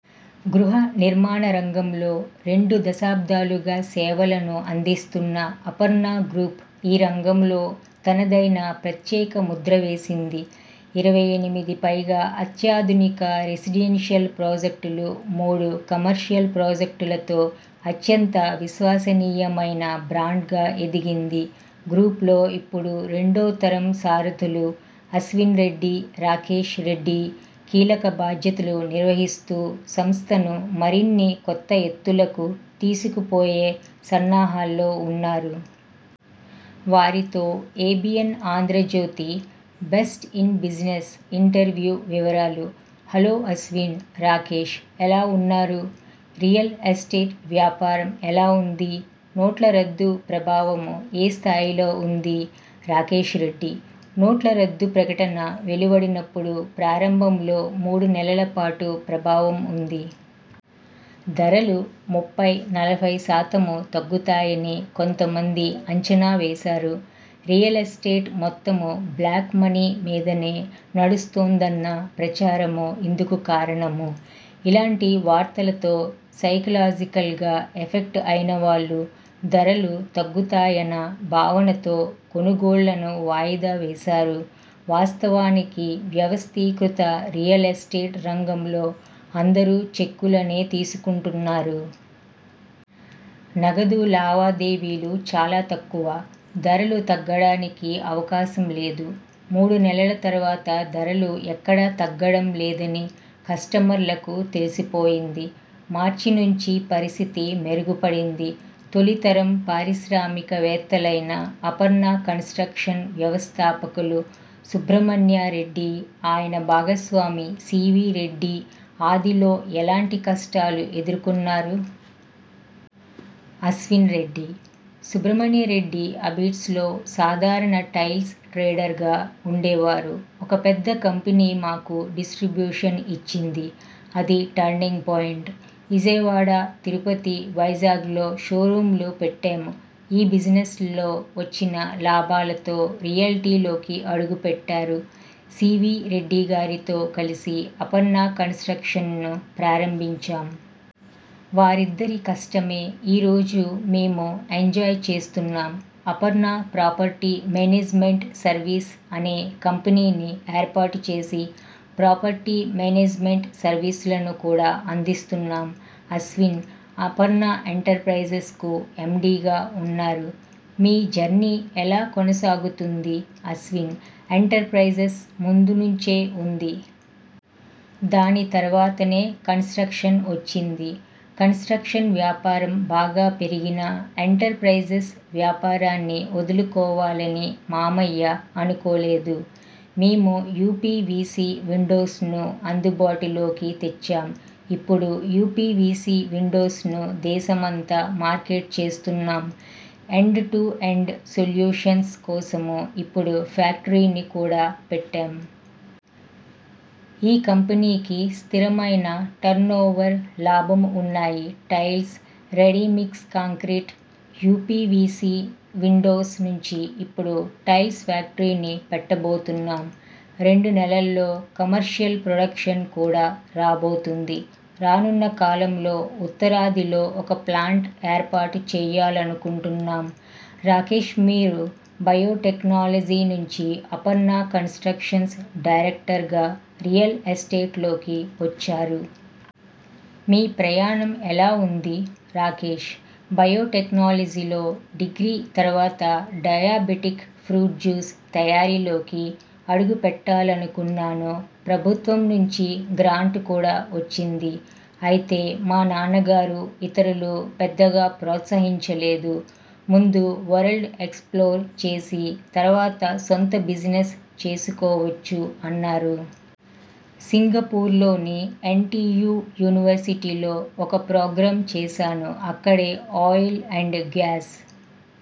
గృహ నిర్మాణ రంగంలో రెండు దశాబ్దాలుగాసేవలను అందిస్తున్న అపర్ణ గ్రూప్ఈ రంగంలో తనదైన ప్రత్యేక ముద్ర వేసింది. ఇరవై ఎనిమిది పైగా అత్యాధునిక రెసిడెన్షియల్ప్రాజెక్టులు, మూడు కమర్షియల్ ప్రాజెక్టులతో అత్యంత విశ్వసనీయమైన బ్రాండ్గా ఎదిగింది. గ్రూప్లో ఇప్పుడు రెండో తరం సారథులు అశ్విన్ రెడ్డి, రాకేష్ రెడ్డి కీలక బాధ్యతలు నిర్వహిస్తూ, సంస్థను మరిన్ని కొత్త ఎత్తులకు తీసుకుపోయే సన్నాహాల్లో ఉన్నారు. వారితో ABN Andhra Jyothy ''best in business '' interview వివరాలు.. హలో అశ్విన్, రాకేష్ ఎలా ఉన్నారు? రియల్ ఎస్టేట్ వ్యాపారం ఎలా ఉంది? నోట్ల రద్దు ప్రభావం ఏ స్థాయిలో ఉంది? రాకేష్ రెడ్డి: నోట్ల రద్దు ప్రకటన వెలువడినప్పుడు ప్రారంభంలో మూడు నెలల పాటు ప్రభావం ఉంది. ధరలు ముప్పై, నలభై శాతం తగ్గుతాయని కొంత మంది అంచనావేశారు. రియల్ ఎస్టేట్ మొత్తం బ్లాక్ మనీ మీదనే నడుస్తోందన్న ప్రచారం ఇందుకు కారణం. ఇలాంటి వార్తలతో సైకలాజికల్గా ఎఫెక్ట్ అయిన వాళ్లు ధరలు తగ్గుతాయన భావనతో కొనుగోళ్లను వాయిదా వేశారు. వాస్తవానికి వ్యవస్థీకృత రియల్ ఎస్టేట్ రంగంలో అందరూ చెక్కులనే తీసుకుంటున్నారు. నగదు లావాదేవీలు చాలా తక్కువ. ధరలు తగ్గడానికి అవకాశం లేదు. మూడు నెలల తర్వాత ధరలు ఎక్కడా తగ్గడం లేదని కస్టమర్లకు తెలిసిపోయింది. మార్చి నుంచి పరిస్థితి మెరుగుపడింది. తొలితరం పారిశ్రామికవేత్తలైన అపర్ణ కన్స్ట్రక్షన్ వ్యవస్థాపకులు సుబ్రహ్మణ్య రెడ్డి, ఆయన భాగస్వామి సివి రెడ్డి ఆదిలో ఎలాంటి కష్టాలు ఎదుర్కొన్నారు? అశ్విన్ రెడ్డి: సుబ్రహ్మణ్యరెడ్డి అబిడ్స్లో సాధారణ టైల్స్ ట్రేడర్గా ఉండేవారు. ఒక పెద్ద కంపెనీ మాకు డిస్ర్టిబ్యూషన్ ఇచ్చింది. అది టర్నింగ్ పాయింట్. విజయవాడ, తిరుపతి, వైజాగ్లో షోరూమ్లు పెట్టాం. ఈ బిజినెస్లో వచ్చిన లాభాలతో రియల్టీలోకి అడుగుపెట్టారు. సివి రెడ్డిగారితో కలిసి అపర్ణ కన్స్ట్రక్షన్ను ప్రారంభించాం. వారిద్దరి కష్టమే ఈ రోజు మేము ఎంజాయ్ చేస్తున్నాం. అపర్ణ ప్రాపర్టీ మేనేజ్మెంట్ సర్వీస్ అనే కంపెనీని ఏర్పాటు చేసి ప్రాపర్టీ మేనేజ్మెంట్ సర్వీసులను కూడా అందిస్తున్నాం. అశ్విన్.. అపర్ణ ఎంటర్ప్రైజె్సకు ఎండిగా ఉన్నారు. మీ జర్నీ ఎలా కొనసాగుతోంది.. అశ్విన్: ఎంటర్ప్రైజెస్ ముందు నుంచే ఉంది. దాని తర్వాతనే కన్స్ట్రక్షన్ వచ్చింది. కన్స్ట్రక్షన్ వ్యాపారం బాగా పెరిగినా ఎంటర్ప్రైజెస్ వ్యాపారాన్ని వదులుకోవాలని మామయ్య అనుకోలేదు. మేము యుపివిసి విండోస్ ను అందుబాటులోకి తెచ్చాం. ఇప్పుడు యుపివిసి విండోస్ ను దేశమంతా మార్కెట్ చేస్తున్నాం. ఎండ్ టు ఎండ్ సొల్యూషన్స్ కోసం ఇప్పుడు ఫ్యాక్టరీని కూడా పెట్టాం. ఈ కంపెనీకి స్థిరమైన టర్నోవర్, లాభం ఉన్నాయి. Tiles, ready mix concrete, UPVC windows నుంచి ఇప్పుడు టైల్స్ ఫ్యాక్టరీని పెట్టబోతున్నాం. రెండు నెలల్లో కమర్షియల్ ప్రొడక్షన్ కూడా రాబోతోంది. రానున్న కాలంలో ఉత్తరాదిలో ఒక ప్లాంట్ ఏర్పాటు చేయాలనుకుంటున్నాం. రాకేష్మీరు బయోటెక్నాలజీ నుంచి అపర్ణ కన్స్ట్రక్షన్స్ డైరెక్టర్గా రియల్ ఎస్టేట్లోకి వచ్చారు. మీ ప్రయాణం ఎలా ఉంది? రాకేష్: బయోటెక్నాలజీలో డిగ్రీ తర్వాత డయాబెటిక్ ఫ్రూట్ జ్యూస్ తయారీలోకి అడుగుపెట్టాలనుకున్నాను. ప్రభుత్వం నుంచి గ్రాంట్ కూడా వచ్చింది. అయితే మా నాన్నగారు ఇతరులు పెద్దగా ప్రోత్సహించలేదు. ముందు వరల్డ్ ఎక్స్ప్లోర్ చేసి తర్వాత సొంత బిజినెస్ చేసుకోవచ్చు అన్నారు. సింగపూర్లోని ఎన్టియు యూనివర్సిటీలో ఒక ప్రోగ్రామ్ చేశాను. అక్కడే ఆయిల్ అండ్ గ్యాస్